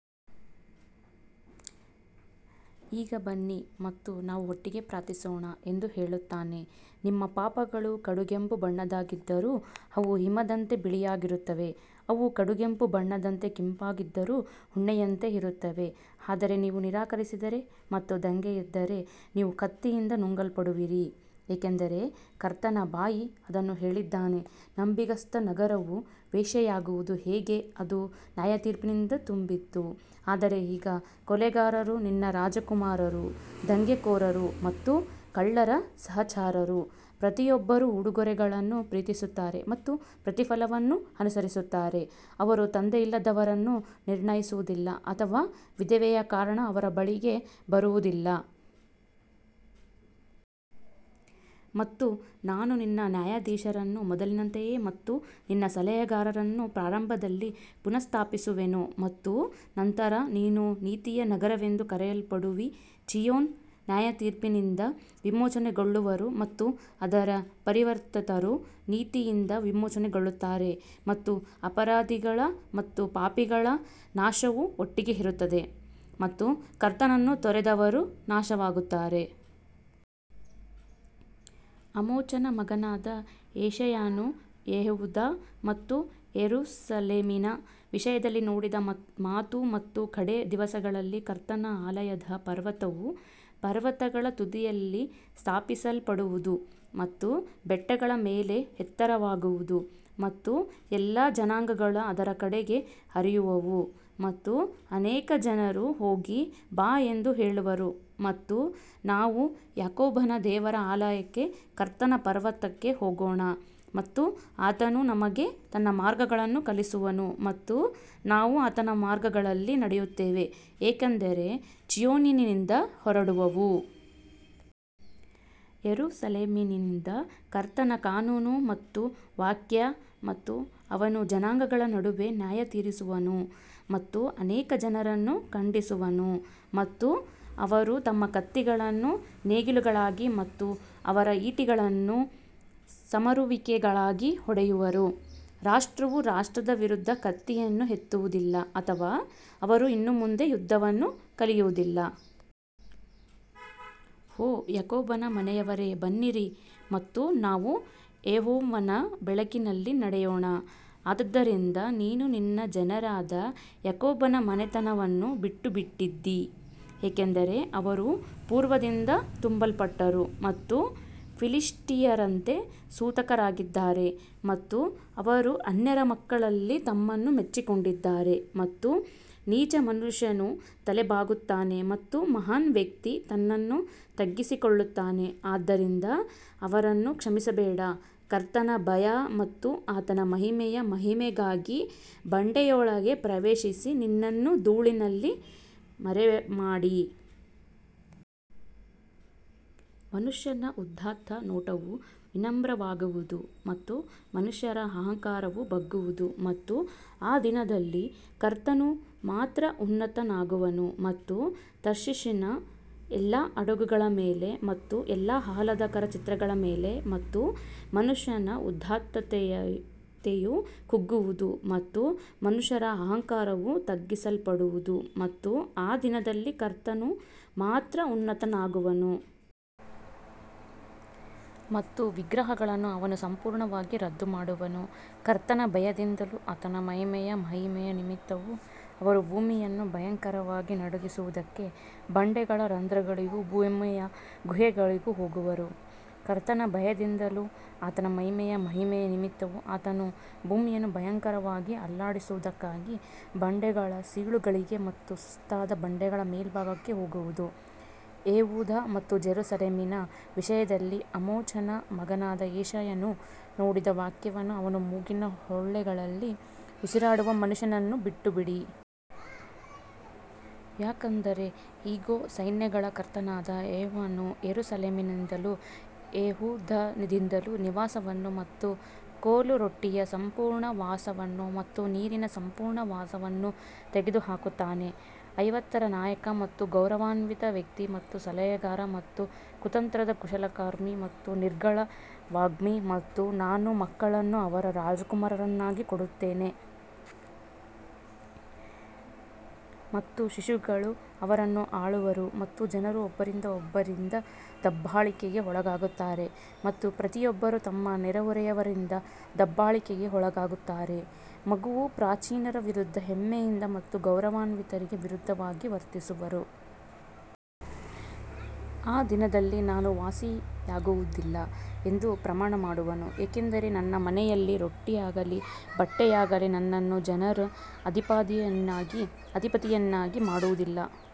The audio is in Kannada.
ಈಗ ಬನ್ನಿ ಮತ್ತು ನಾವು ಒಟ್ಟಿಗೆ ಪ್ರಾರ್ಥಿಸೋಣ ಎಂದು ಹೇಳುತ್ತಾನೆ ನಿಮ್ಮ ಪಾಪಗಳು ಕಡುಗೆಂಪು ಬಣ್ಣದ್ದಾಗಿದ್ದರೂ ಅವು ಹಿಮದಂತೆ ಬಿಳಿಯಾಗಿರುತ್ತವೆ, ಅವು ಕಡುಗೆಂಪು ಬಣ್ಣದಂತೆ ಕೆಂಪಾಗಿದ್ದರೂ ಉಣ್ಣೆಯಂತೆ ಇರುತ್ತವೆ ಆದರೆ ನೀವು ನಿರಾಕರಿಸಿದರೆ ಮತ್ತು ದಂಗೆಯೆದ್ದರೆ ನೀವು ಕತ್ತಿಯಿಂದ ನುಂಗಲ್ಪಡುವಿರಿ, ಏಕೆಂದರೆ ಕರ್ತನ ಬಾಯಿ ಅದನ್ನು ಹೇಳಿದ್ದಾನೆ ನಂಬಿಗಸ್ತ ನಗರವು ವೇಶ್ಯೆಯಾಗುವುದು ಹೇಗೆ ಅದು ನ್ಯಾಯತೀರ್ಪಿನಿಂದ ತುಂಬಿತ್ತು ಆದರೆ ಈಗ ಕೊಲೆಗಾರರು ನಿನ್ನ ರಾಜಕುಮಾರರು ದಂಗೆಕೋರರು ಮತ್ತು ಕಳ್ಳರ ಸಹಚರರು ಪ್ರತಿಯೊಬ್ಬರೂ ಉಡುಗೊರೆಗಳನ್ನು ಪ್ರೀತಿಸುತ್ತಾರೆ ಮತ್ತು ಪ್ರತಿಫಲವನ್ನು ಅನುಸರಿಸುತ್ತಾರೆ ಅವರು ತಂದೆಯಿಲ್ಲದವರನ್ನು ನಿರ್ಣಯಿಸುವುದಿಲ್ಲ ಅಥವಾ ವಿಧವೆಯ ಕಾರಣ ಅವರ ಬಳಿಗೆ ಬರುವುದಿಲ್ಲ. ಮತ್ತು ನಾನು ನಿನ್ನ ನ್ಯಾಯಾಧೀಶರನ್ನು ಮೊದಲಿನಂತೆಯೇ ಮತ್ತು ನಿನ್ನ ಸಲಹೆಗಾರರನ್ನು ಪ್ರಾರಂಭದಲ್ಲಿ ಪುನಸ್ಸ್ಥಾಪಿಸುವೆನು ಮತ್ತು ನಂತರ ನೀನು ನೀತಿಯ ನಗರವೆಂದು ಕರೆಯಲ್ಪಡುವಿ ಚೀಯೋನ್ ನ್ಯಾಯತೀರ್ಪಿನಿಂದ ವಿಮೋಚನೆಗೊಳ್ಳುವರು ಮತ್ತು ಅದರ ಪರಿವರ್ತಿತರು ನೀತಿಯಿಂದ ವಿಮೋಚನೆಗೊಳ್ಳುತ್ತಾರೆ ಮತ್ತು ಅಪರಾಧಿಗಳ ಮತ್ತು ಪಾಪಿಗಳ ನಾಶವು ಒಟ್ಟಿಗೆ ಇರುತ್ತದೆ ಮತ್ತು ಕರ್ತನನ್ನು ತೊರೆದವರು ನಾಶವಾಗುತ್ತಾರೆ. ಆಮೋಚನ ಮಗನಾದ ಯೆಶಾಯನು ಯೆಹೂದ ಮತ್ತು ಯೆರೂಸಲೇಮಿನ ವಿಷಯದಲ್ಲಿ ನೋಡಿದ ಮಾತು ಮತ್ತು ಕಡೇ ದಿವಸಗಳಲ್ಲಿ ಕರ್ತನ ಆಲಯದ ಪರ್ವತವು ಪರ್ವತಗಳ ತುದಿಯಲ್ಲಿ ಸ್ಥಾಪಿಸಲ್ಪಡುವದು ಮತ್ತು ಬೆಟ್ಟಗಳ ಮೇಲೆ ಎತ್ತರವಾಗುವದು ಮತ್ತು ಎಲ್ಲಾ ಜನಾಂಗಗಳು ಅದರ ಕಡೆಗೆ ಹರಿಯುವವು. ಮತ್ತು ಅನೇಕ ಜನರು ಹೋಗಿ ಬಾ ಎಂದು ಹೇಳುವರು ಮತ್ತು ನಾವು ಯಾಕೋಬನ ದೇವರ ಆಲಯಕ್ಕೆ ಕರ್ತನ ಪರ್ವತಕ್ಕೆ ಹೋಗೋಣ ಮತ್ತು ಆತನು ನಮಗೆ ತನ್ನ ಮಾರ್ಗಗಳನ್ನು ಕಲಿಸುವನು ಮತ್ತು ನಾವು ಆತನ ಮಾರ್ಗಗಳಲ್ಲಿ ನಡೆಯುತ್ತೇವೆ ಏಕೆಂದರೆ ಚೀಯೋನಿನಿಂದ ಹೊರಡುವವು. ಯೆರೂಸಲೇಮಿನಿಂದ ಕರ್ತನ ಕಾನೂನು ಮತ್ತು ವಾಕ್ಯ ಮತ್ತು ಅವನು ಜನಾಂಗಗಳ ನಡುವೆ ನ್ಯಾಯತೀರಿಸುವನು ಮತ್ತು ಅನೇಕ ಜನರನ್ನು ಖಂಡಿಸುವನು ಮತ್ತು ಅವರು ತಮ್ಮ ಕತ್ತಿಗಳನ್ನು ನೇಗಿಲುಗಳಾಗಿ ಮತ್ತು ಅವರ ಈಟಿಗಳನ್ನು ಸಮರುವಿಕೆಗಳಾಗಿ ಹೊಡೆಯುವರು ರಾಷ್ಟ್ರವು ರಾಷ್ಟ್ರದ ವಿರುದ್ಧ ಕತ್ತಿಯನ್ನು ಎತ್ತುವುದಿಲ್ಲ ಅಥವಾ ಅವರು ಇನ್ನು ಮುಂದೆ ಯುದ್ಧವನ್ನು ಕಲಿಯುವುದಿಲ್ಲ. ಓ ಯಾಕೋಬನ ಮನೆಯವರೇ ಬನ್ನಿರಿ ಮತ್ತು ನಾವು ಯೆಹೋವನ ಬೆಳಕಿನಲ್ಲಿ ನಡೆಯೋಣ ಆದದರಿಂದ ನೀನು ನಿನ್ನ ಜನರಾದ ಯಾಕೋಬನ ಮನೆತನವನ್ನು ಬಿಟ್ಟುಬಿಟ್ಟಿದ್ದೀ, ಏಕೆಂದರೆ ಅವರು ಪೂರ್ವದಿಂದ ತುಂಬಲ್ಪಟ್ಟರು ಮತ್ತು ಫಿಲಿಷ್ಟಿಯರಂತೆ ಸೂತಕರಾಗಿದ್ದಾರೆ ಮತ್ತು ಅವರು ಅನ್ಯರ ಮಕ್ಕಳಲ್ಲಿ ತಮ್ಮನ್ನು ಮೆಚ್ಚಿಕೊಂಡಿದ್ದಾರೆ. ಮತ್ತು ನೀಚ ಮನುಷ್ಯನು ತಲೆಬಾಗುತ್ತಾನೆ ಮತ್ತು ಮಹಾನ್ ವ್ಯಕ್ತಿ ತನ್ನನ್ನು ತಗ್ಗಿಸಿಕೊಳ್ಳುತ್ತಾನೆ ಆದ್ದರಿಂದ ಅವರನ್ನು ಕ್ಷಮಿಸಬೇಡ ಕರ್ತನ ಭಯ ಮತ್ತು ಆತನ ಮಹಿಮೆಯ ಮಹಿಮೆಗಾಗಿ ಬಂಡೆಯೊಳಗೆ ಪ್ರವೇಶಿಸಿ ನಿನ್ನನ್ನು ಧೂಳಿನಲ್ಲಿ ಮರೆಮಾಡಿ. ಮನುಷ್ಯನ ಉದಾತ್ತ ನೋಟವು ವಿನಮ್ರವಾಗುವದು ಮತ್ತು ಮನುಷ್ಯರ ಅಹಂಕಾರವು ಬಗ್ಗುವದು ಮತ್ತು ಆ ದಿನದಲ್ಲಿ ಕರ್ತನು ಮಾತ್ರ ಉನ್ನತನಾಗುವನು ಮತ್ತು ತಾರ್ಷಿಷಿನ ಎಲ್ಲಾ ಹಡಗುಗಳ ಮೇಲೆ ಮತ್ತು ಎಲ್ಲಾ ಆಹ್ಲಾದಕರ ಚಿತ್ರಗಳ ಮೇಲೆ ಮತ್ತು ಮನುಷ್ಯನ ಉದಾತ್ತತೆಯು ಕುಗ್ಗುವದು ಮತ್ತು ಮನುಷ್ಯರ ಅಹಂಕಾರವು ತಗ್ಗಿಸಲ್ಪಡುವದು ಮತ್ತು ಆ ದಿನದಲ್ಲಿ ಕರ್ತನು ಮಾತ್ರ ಉನ್ನತನಾಗುವನು. ಮತ್ತು ವಿಗ್ರಹಗಳನ್ನು ಅವನು ಸಂಪೂರ್ಣವಾಗಿ ರದ್ದುಮಾಡುವನು ಕರ್ತನ ಭಯದಿಂದಲೂ ಆತನ ಮಹಿಮೆಯ ಮಹಿಮೆಯ ನಿಮಿತ್ತವೂ ಅವರು ಭೂಮಿಯನ್ನು ಭಯಂಕರವಾಗಿ ನಡುಗಿಸುವದಕ್ಕೆ ಬಂಡೆಗಳ ರಂಧ್ರಗಳಿಗೂ ಭೂಮಿಯ ಗುಹೆಗಳಿಗೂ ಹೋಗುವರು. ಕರ್ತನ ಭಯದಿಂದಲೂ ಆತನ ಮಹಿಮೆಯ ಮಹಿಮೆಯ ನಿಮಿತ್ತವೂ ಆತನು ಭೂಮಿಯನ್ನು ಭಯಂಕರವಾಗಿ ಅಲ್ಲಾಡಿಸುವದಕ್ಕಾಗಿ ಬಂಡೆಗಳ ಸೀಳುಗಳಿಗೆ ಮತ್ತು ಸುಸ್ತಾದ ಬಂಡೆಗಳ ಮೇಲ್ಭಾಗಕ್ಕೆ ಹೋಗುವುದು ಯೆಹೂದ ಮತ್ತು ಜೆರುಸಲೇಮಿನ ವಿಷಯದಲ್ಲಿ ಆಮೋಚನ ಮಗನಾದ ಯೆಶಾಯನು ನೋಡಿದ ವಾಕ್ಯವನ್ನು ಅವನ ಮೂಗಿನ ಹೊಳ್ಳೆಗಳಲ್ಲಿ ಉಸಿರಾಡುವ ಮನುಷ್ಯನನ್ನು ಬಿಟ್ಟುಬಿಡಿ. ಯಾಕಂದರೆ ಇಗೋ, ಸೈನ್ಯಗಳ ಕರ್ತನಾದ ಯೆಹೋವನು ಯೆರೂಸಲೇಮಿನಿಂದಲೂ ಯೆಹೂದದಿಂದಲೂ ನಿವಾಸವನ್ನು ಮತ್ತು ಕೋಲು ರೊಟ್ಟಿಯ ಸಂಪೂರ್ಣ ವಾಸವನ್ನು ಮತ್ತು ನೀರಿನ ಸಂಪೂರ್ಣ ವಾಸವನ್ನು ತೆಗೆದುಹಾಕುತ್ತಾನೆ. ಐವತ್ತರ ನಾಯಕ ಮತ್ತು ಗೌರವಾನ್ವಿತ ವ್ಯಕ್ತಿ ಮತ್ತು ಸಲಹೆಗಾರ ಮತ್ತು ಕುತಂತ್ರದ ಕುಶಲಕರ್ಮಿ ಮತ್ತು ನಿರರ್ಗಳ ವಾಗ್ಮಿ ಮತ್ತು ನಾನು ಮಕ್ಕಳನ್ನು ಅವರ ರಾಜಕುಮಾರರನ್ನಾಗಿ ಕೊಡುತ್ತೇನೆ ಮತ್ತು ಶಿಶುಗಳು ಅವರನ್ನು ಆಳುವರು ಮತ್ತು ಜನರು ಒಬ್ಬರಿಂದ ಒಬ್ಬರಿಂದ ದಬ್ಬಾಳಿಕೆಗೆ ಒಳಗಾಗುತ್ತಾರೆ ಮತ್ತು ಪ್ರತಿಯೊಬ್ಬರು ತಮ್ಮ ನೆರೆಹೊರೆಯವರಿಂದ ದಬ್ಬಾಳಿಕೆಗೆ ಒಳಗಾಗುತ್ತಾರೆ, ಮಗುವು ಪ್ರಾಚೀನರ ವಿರುದ್ಧ ಹೆಮ್ಮೆಯಿಂದ ಮತ್ತು ಗೌರವಾನ್ವಿತರಿಗೆ ವಿರುದ್ಧವಾಗಿ ವರ್ತಿಸುವರು. ಆ ದಿನದಲ್ಲಿ ನಾನು ವಾಸಿಯಾಗುವುದಿಲ್ಲ ಎಂದು ಪ್ರಮಾಣ ಮಾಡುವನು, ಏಕೆಂದರೆ ನನ್ನ ಮನೆಯಲ್ಲಿ ರೊಟ್ಟಿಯಾಗಲಿ ಬಟ್ಟೆಯಾಗಲಿ ನನ್ನನ್ನು ಜನರ ಅಧಿಪತಿಯನ್ನಾಗಿ ಮಾಡುವುದಿಲ್ಲ.